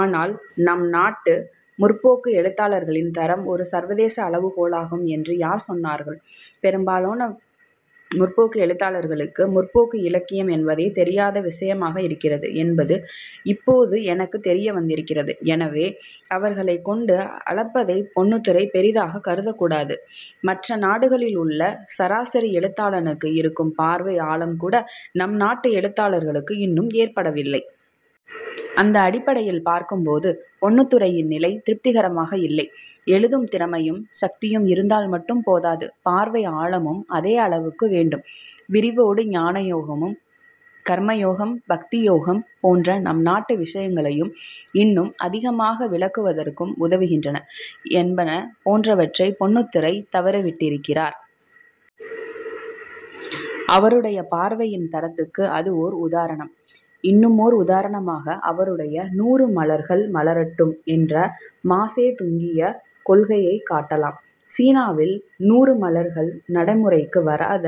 ஆனால் நம் நாட்டு 'முற்போக்கு' எழுத்தாளர்களின் தரம் ஒரு சர்வதேச அளவுகோலாகும் என்று யார் சொன்னார்கள் பெரும்பாலான 'முற்போக்கு' எழுத்தாளர்களுக்கு முற்போக்கு இலக்கியம் என்பதே தெரியாத விசயமாக இருக்கிறது என்பது இப்போது எனக்குத் தெரியவந்திருக்கிறது. எனவே, அவர்களைக் கொண்டு அளப்பதைப் பொன்னுத்துரை பெரிதாக கருதக்கூடாது. மற்ற நாடுகளில் உள்ள சராசரி எழுத்தாளனுக்கு இருக்கும் பார்வை ஆழம்கூட நம் நாட்டு எழுத்தாளர்களுக்கு இன்னும் ஏற்படவில்லை. அந்த அடிப்படையில் பார்க்கும்போது பொன்னுத்துரையின் நிலை திருப்திகரமாக இல்லை. எழுதும் திறமையும் சக்தியும் இருந்தால் மட்டும் போதாது. பார்வை ஆழமும் அதே அளவுக்கு வேண்டும். விரிவோடு ஞானயோகம் கர்மயோகம் பக்தியோகம் போன்ற நம் நாட்டு விசயங்களையும் இன்னும் அதிகமாக விளக்குவதற்கும் உதவுகின்றன என்பன போன்றவற்றைப் பொன்னுத்துரை தவறவிட்டிருக்கிறார். அவருடைய பார்வையின் தரத்துக்கு அது ஓர் உதாரணம். இன்னுமோர் உதாரணமாக அவருடைய 'நூறு மலர்கள் மலரட்டும் என்ற மாசே துங்கிய கொள்கையைக் காட்டலாம். சீனாவில் 'நூறு மலர்கள்' நடைமுறைக்கு வராத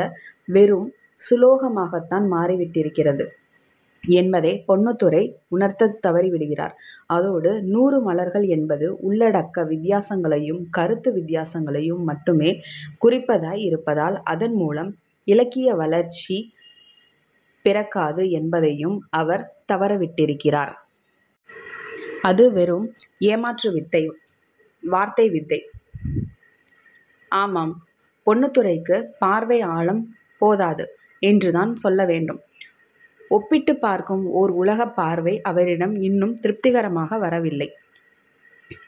வெறும் சுலோகமாகத்தான் மாறிவிட்டிருக்கிறது என்பதைப் பொன்னுத்துரை உணரத்தவறிவிடுகிறார். அதோடு 'நூறு மலர்கள்' என்பது உள்ளடக்க வித்தியாசங்களையும் கருத்து வித்தியாசங்களையும் மட்டுமே குறிப்பதாய் இருந்தால் அதன்மூலம் இலக்கிய வளர்ச்சி பிறக்காது என்பதையும் அவர் தவறவிட்டிருக்கிறார். அது வெறும் ஏமாற்றுவித்தை, வார்த்தை வித்தை. ஆமாம் பொன்னுத்துரைக்குப் பார்வை ஆழம் போதாது என்றுதான் சொல்ல வேண்டும். ஒப்பிட்டுப் பார்க்கும் ஓர் உலகப் பார்வை அவரிடம் இன்னும் திருப்திகரமாக வளரவில்லை.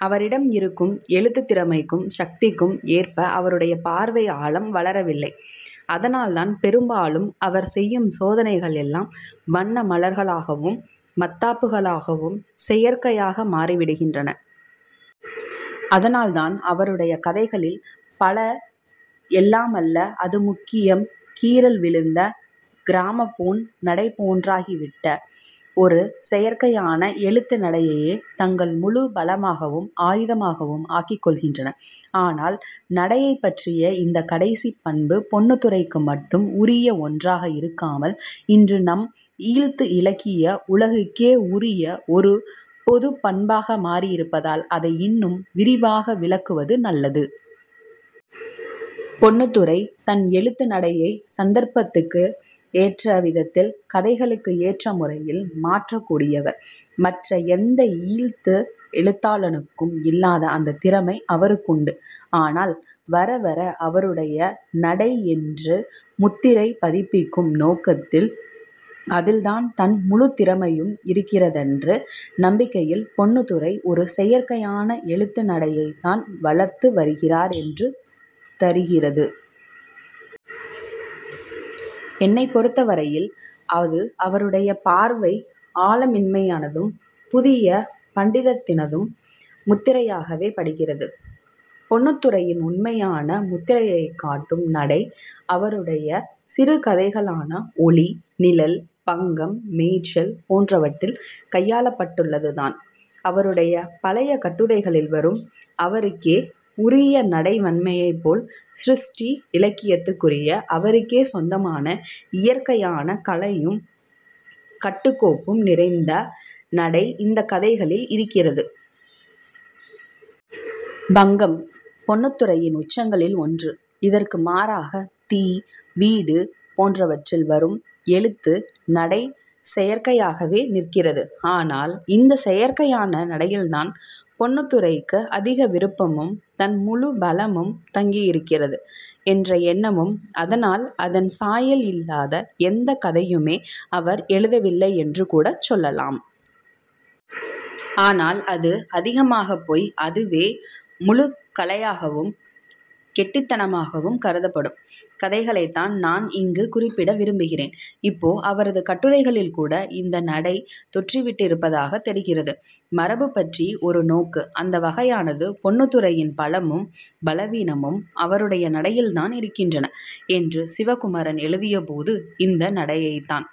அவரிடம் இருக்கும் எழுத்துத் திறமைக்கும் சக்திக்கும் ஏற்ப அவருடைய பார்வை ஆழம் வளரவில்லை. அதனால்தான் பெரும்பாலும் அவர் செய்யும் சோதனைகள் எல்லாம் வண்ணமலர்களாகவும் மத்தாப்புகளாகவும் செயற்கையாக மாறிவிடுகின்றன. அதனால்தான் அவருடைய கதைகளில் பல, எல்லாமல்ல அது முக்கியம் கீறல் விழுந்த கிராமபோன் நடை போன்றாகிவிட்ட ஒரு செயற்கையான எழுத்து நடையையே தங்கள் முழு பலமாகவும் ஆயுதமாகவும் ஆக்கிக்கொள்கின்றன. ஆனால் நடையைப் பற்றிய இந்தக் கடைசிப் பண்பு பொன்னுத்துரைக்கு மட்டும் உரிய ஒன்றாக இருக்காமல் இன்று நம் ஈழத்து இலக்கிய உலகுக்கே உரிய ஒரு பொதுப் பண்பாக மாறியிருப்பதால் அதை இன்னும் விரிவாக விளக்குவது நல்லது. பொன்னுத்துரை தன் எழுத்து நடையைச் சந்தர்ப்பத்துக்கு ஏற்றவிதத்தில் கதைகளுக்கு ஏற்ற முறையில் மாற்றக் கூடியவர். மற்ற எந்த ஈழத்து எழுத்தாளனுக்கும் இல்லாத அந்தத் திறமை அவருக்குண்டு. ஆனால் வர வர அவருடைய நடை என்று முத்திரை பதிப்பிக்கும் நோக்கத்தில், அதில்தான் தன் முழுத் திறமையும் இருக்கிறதென்ற நம்பிக்கையில் பொன்னுத்துரை ஒரு செயற்கையான எழுத்து நடையைத்தான் வளர்த்து வருகிறார் என்று தரிகிறது. என்னைப் பொருத்தவரையில் அது அவருடைய பார்வை ஆழமின்மையானதும் புதிய பண்டிதத்தினதும் முத்திரையாகவே படுகிறது. பொன்னுத்துரையின் உண்மையான முத்திரையைக் காட்டும் நடை, அவருடைய சிறுகதைகளான 'ஒளி', 'நிழல்', 'பங்கம்', 'மேய்ச்சல்' போன்றவற்றில் கையாளப்பட்டுள்ளதுதான். அவருடைய பழைய கட்டுரைகளில் வரும் அவருக்கே உரிய நடைவன்மையைப் போல் சிருஷ்டி இலக்கியத்துக்குரிய அவருக்கே சொந்தமான இயற்கையான கலையும் கட்டுக்கோப்பும் நிறைந்த நடை இந்தக் கதைகளில் இருக்கிறது. 'பங்கம்' பொன்னுத்துரையின் உச்சங்களில் ஒன்று. இதற்கு மாறாக 'தீ' 'வீடு' போன்றவற்றில் வரும் எழுத்து நடை செயற்கையாகவே நிற்கிறது. ஆனால் இந்தச் செயற்கையான நடையில்தான் பொன்னுத்துரைக்கு அதிக விருப்பமும், தன் முழு பலமும் தங்கியிருக்கிறது என்ற எண்ணமும். அதனால் அதன் சாயல் இல்லாத எந்தக் கதையுமே அவர் எழுதவில்லை என்று கூடச் சொல்லலாம். ஆனால் அது அதிகமாகப் போய் அதுவே முழுக் கலையாகவும் கெட்டித்தனமாகவும் கருதப்படும் கதைகளைத்தான் நான் இங்கு குறிப்பிட விரும்புகிறேன். இப்போ அவரது கட்டுரைகளில்கூட இந்த நடை தொற்றிவிட்டிருப்பதாகத் தெரிகிறது. 'மரபுபற்றி ஒரு நோக்கு' அந்த வகையானது. பொன்னுத்துரையின் பலமும் பலவீனமும் அவருடைய நடையில்தான் இருக்கின்றன என்று சிவகுமாரன் எழுதியபோது இந்த நடையைத்தான்